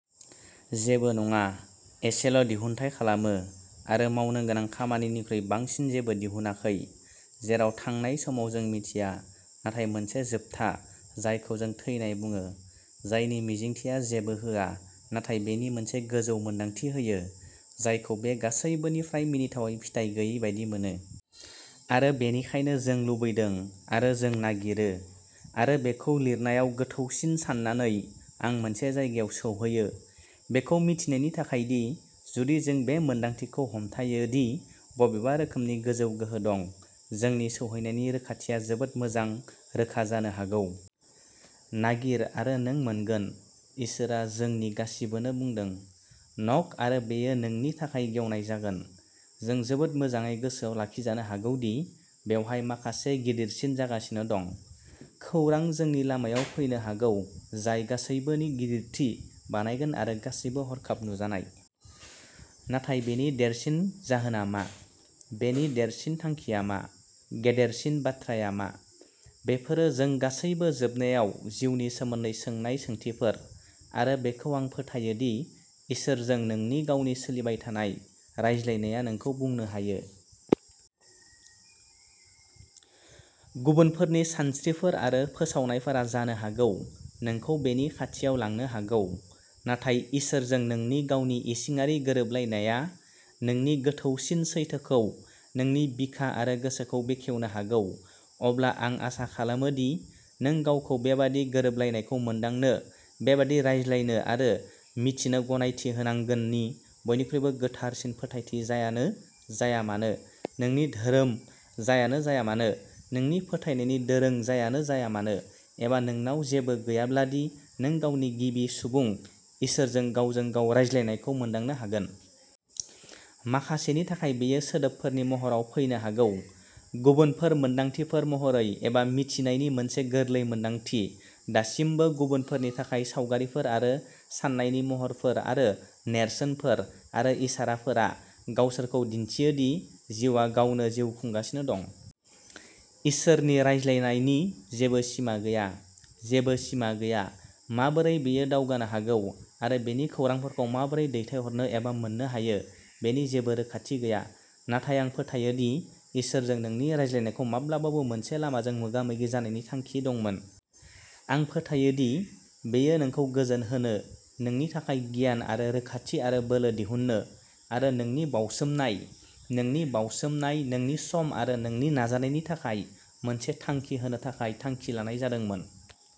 जेबो नङा, एसेल'दिहुन्थाय खालामो, आरो "मावनो गोनां खामानि" निख्रुइ बांसिन जेबो दिहुनाखै, जेराव थांनाय समाव, जों मिथिया, नाथाय मोनसे जोबथा जायखौ जों थैनाय बुङो-जायनि मिजिंथिया जेबो होआ नाथाय बेनि मोनसे गोजौ मोनदांथि होयो, जायखौ बे गासैबोनि फ्राय मिनिथावै फिथाइ गैयै बादि मोनो। आरो बेनिखायनो जों लुबैदों, आरो जों नागिरो। आरो बेखौ लिरनायाव गोथौसिन सान्नानै, आं मोनसे जायगायाव सौहैयो, बेखौ मिथिनायनि थाखाय दि जुदि जों बे मोनदांथिखौ हमथायो दि बबेबा रोखोमनि गोजौ गोहो दं, जोंनि सौहैनायनि रोखाथिया जोबोद मोजां रोखा जानो हागौ। नागिर आरो नों मोनगोन, इसोरआ जोंनि गासिबोनो बुंदों। न'क आरो बेयो नोंनि थाखाय गेवनाय जागोन। जों जोबोद मोजाङै गोसोआव लाखिजानो हागौ दि बेवहाय माखासे गिदिरसिन जागासिनो दं। खौरां जोंनि लामायाव फैनो हागौ जाय गासैबोनि "गिदिरथि" बानायगोन आरो गासैबो हरखाब नुजानाय। नाथाय बेनि देरसिन जाहोनआ मा? बेनि देरसिन थांखिया मा? गेदेरसिन बाथ्राआ मा? बेफोरो जों गासैबो जोबनायाव जिउनि सोमोन्दै सोंनाय सोंथिफोर। आरो बेखौ आं फोथायो दि इसोरजों नोंनि गावनि सोलिबाय थानाय रायज्लायनाया नोंखौ बुंनो हायो। गुबुनफोरनि सानस्रिफोर आरो फोसावनायफोरा जानो हागौ नोंखौ बेनि खाथियाव लांनो हागौ, नाथाय इसोरजों नोंनि गावनि इसिङारि गोरोबलायनाया नोंनि गोथौसिन सैथोखौ नोंनि बिखा आरो गोसोखौ बेखेवनो हागौ। अब्ला, आं आसा खालामो दि नों गावखौ बेबादि गोरोबलायनायखौ मोनदांनो, बेबादि रायज्लायनो, आरो मिथिनो गनायथि होनांगोननि बयनिख्रुइबो गोथारसिन फोथायथि जायानो जाया मानो, नोंनि धोरोम जायानो जाया मानो, नोंनि फोथायनायनि दोरों जायानो जाया मानो, एबा नोंनाव जेबो गैयाब्लादि नों गावनि गिबि-सुबुं, इसोरजों गावजों गाव रायज्लायनायखौ मोनदांनो हागोन। माखासेनि थाखाय बेयो सोदोबफोरनि महराव फैनो हागौ। गुबुनफोर, मोन्दांथिफोर महरै, एबा "मिथिनायनि" मोनसे गोरलै मोनदांथि। दासिमबो गुबुनफोरनि थाखाय, सावगारिफोर आरो साननायनि महरफोर आरो नेरसोनफोर आरो इसाराफोरा गावसोरखौ दिन्थियो दि जिउआ गावनो जिउ खुंगासिनो दं। इसोरनि "रायज्लायनाय" नि जेबो सिमा गैया, जेबो सिमा गैया, "माबोरै" बेयो दावगानो हागौ आरो बेनि खौरांफोरखौ माबोरै दैथायहरनो एबा मोन्नो हायो बेनि जेबो रोखाथि गैया। नाथाय आं फोथायो दि इसोरजों नोंनि रायज्लायनायखौ माब्लाबाबो मोनसे-लामाजों मोगा-मोगि जानायनि थांखि दंमोन। आं फोथायो दि बेयो नोंखौ गोजोन होनो, नोंनि थाखाय गियान आरो रोखाथि आरो बोलो दिहुननो, आरो नोंनि बाउसोमनाय, नोंनि बाउसोमनाय, नोंनि सम आरो नोंनि नाजानायनि थाखाय मोनसे थांखि होनो थाखाय थांखि लानाय जादोंमोन।